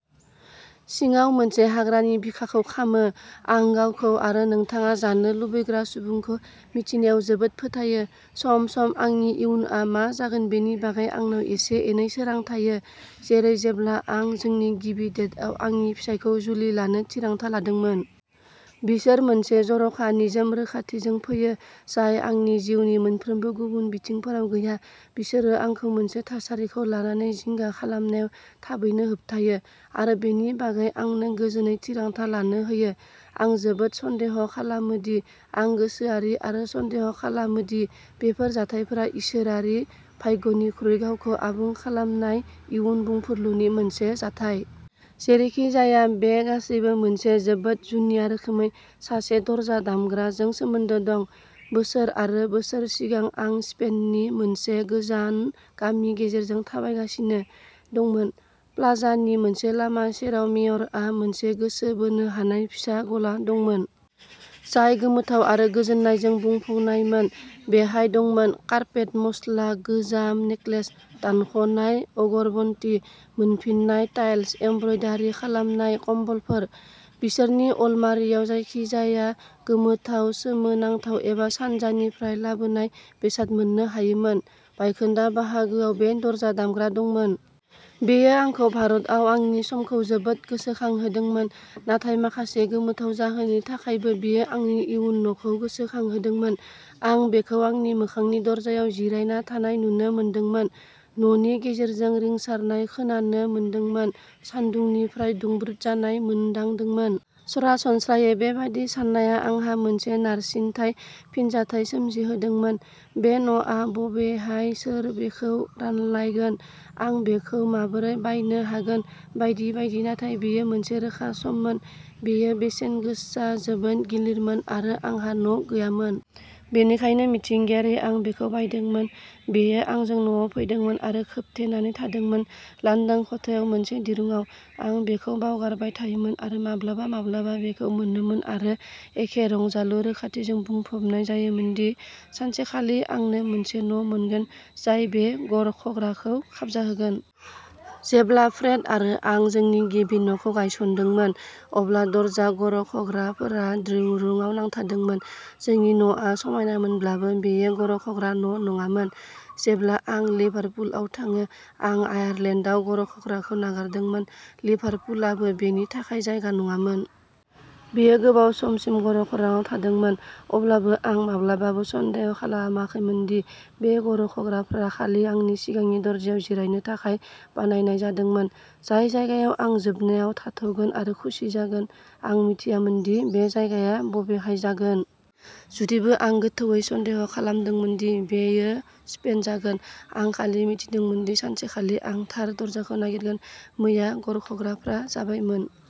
सिङाव मोनसे हाग्रानि बिखाखौ खामो। आं गावखौ आरो नोंथाङा जानो लुबैग्रा सुबुंखौ मिथिनायाव जोबोद फोथायो। सम-सम आंनि इयुनआ मा जागोन बेनि बागै आंनाव एसे-एनै सोरां थायो। जेरै जेब्ला आं जोंनि गिबि डेटआव आंनि फिसायखौ जुलि लानो थिरांथा लादोंमोन। बिसोर मोनसे जर'खा निजोम रोखाथिजों फैयो जाय आंनि जिउनि मोनफ्रोमबो गुबुन बिथिंफोराव गैया। बिसोरो आंखौ मोनसे थासारिखौ लानानै जिंगा खालामनायाव थाबैनो होबथायो। आरो बेनि बागै आंनो गोजोनै थिरांथा लानो होयो। आं जोबोद सन्देह खालामो दि आं गोसोआरि आरो सन्देह खालामो दि बेफोर जाथायफोरा इसोरारि भाग्यनिख्रुइ गावखौ आबुं खालामनाय इयुन बुंफुरलुनि मोनसे जाथाय। जेरैखिजाया बे गासैबो मोनसे जोबोद जुनिया रोखोमै सासे दरजा दामग्राजों सोमोन्दो दं। बोसोर आरो बोसोर सिगां आं स्पेननि मोनसे गोजान गामि गेजेरजों थाबायगासिनो दंमोन। प्लाजानि मोनसे लामा सेराव मेयरआ मोनसे गोसो बोनो हानाय फिसा गला दंमोन। जाय गोमोथाव आरो गोजोननायजों बुंफबनायमोन। बेहाय दंमोन। कार्पेट, मस्ला, गोजाम नेकलेस, दानख'नाय अगरबत्ती, मोनफिननाय टाइल्स, एमब्रयदारि खालामनाय कम्बलफोर। बिसोरनि अलमारियाव जायखिजाया गोमोथाव, सोमोनांथाव एबा सानजानिफ्राय लाबोनाय बेसाद मोननो हायोमोन। बायखोन्दा बाहागोआव बे दरजा दामग्रा दंमोन। बेयो आंखौ भारतआव आंनि समखौ जोबोद गोसोखांहोदोंमोन नाथाय माखासे गोमोथाव जाहोननि थाखायबो बेयो आंनि इयुन न'खौ गोसोखांहोदोंमोन। आं बेखौ आंनि मोखांनि दरजायाव जिरायना थानाय नुनो मोनदोंमोन। न'नि गेजेरजों रिंसारनाय खोनानो मोनदोंमोन। सान्दुंनिफ्राय दुंब्रुद जानाय मोनदांदोंमोन। सरासनस्रायै बेबादि साननाया आंहा मोनसे नारसिनथाय फिनजाथाय सोमजिहोदोंमोन। बे न'आ बबेहाय सोर बेखौ रानलायगोन। आं बेखौ माबोरै बायनो हागोन बायदि बायदि नाथाय बेयो मोनसे रोखा सममोन। बेयो बेसेन गोसा जोबोद गिलिरमोन आरो आंहा न' गैयामोन। बेनिखायनो मिथिंगायारियै आं बेखौ बायदोंमोन। बेयो आंजों न'आव फैदोंमोन आरो खोबथेनानै थादोंमोन। लांदां खथायाव मोनसे दिरुंआव। आं बेखौ बावगारबाय थायोमोन आरो माब्लाबा माब्लाबा बेखौ मोनोमोन आरो एखे रंजालु रोखाथिजों बुंफबनाय जायोमोनदि सानसेखालि आंनो मोनसे न' मोनगोन जाय बे गरख'ग्राखौ खाबजाहोगोन। जेब्ला फ्रेड आरो आं जोंनि गिबि न'खौ गायसनदोंमोन, अब्ला दरजा गरख'ग्राफ्रा दिरुंआव थादोंमोन। जोंनि न'आ समायनामोनब्लाबो बेयो गरख'ग्रा न' नङामोन। जेब्ला आं लिभारपुलआव थाङो आं आयारलेन्डआव गरख'ग्राखौ नागारदोंमोन। लिभारपुलाबो बेनि थाखाय जायगा नङामोन। बेयो गोबाव समसिम गरख'राङाव थादोंमोन। अब्लाबो आं माब्लाबाबो सन्देह खालामाखैमोन दि बे गरख'ग्राफ्रा खालि आंनि सिगांनि दरजायाव जिरायनो थाखाय बानायनाय जादोंमोन। जाय जायगायाव आं जोबनायाव थाथ'गोन आरो खुसि जागोन। आं मिथियामोन दि बे जायगाया बबेहाय जागोन। जुदिबो आं गोथौवै सन्देह खालामदोंमोन दि बेयो स्पेन जागोन। आं खालि मिथिदोंमोन दि सानसेखालि आं थार दरजाखौ नागिरगोन। मैया गरख'ग्राफ्रा जाबायमोन।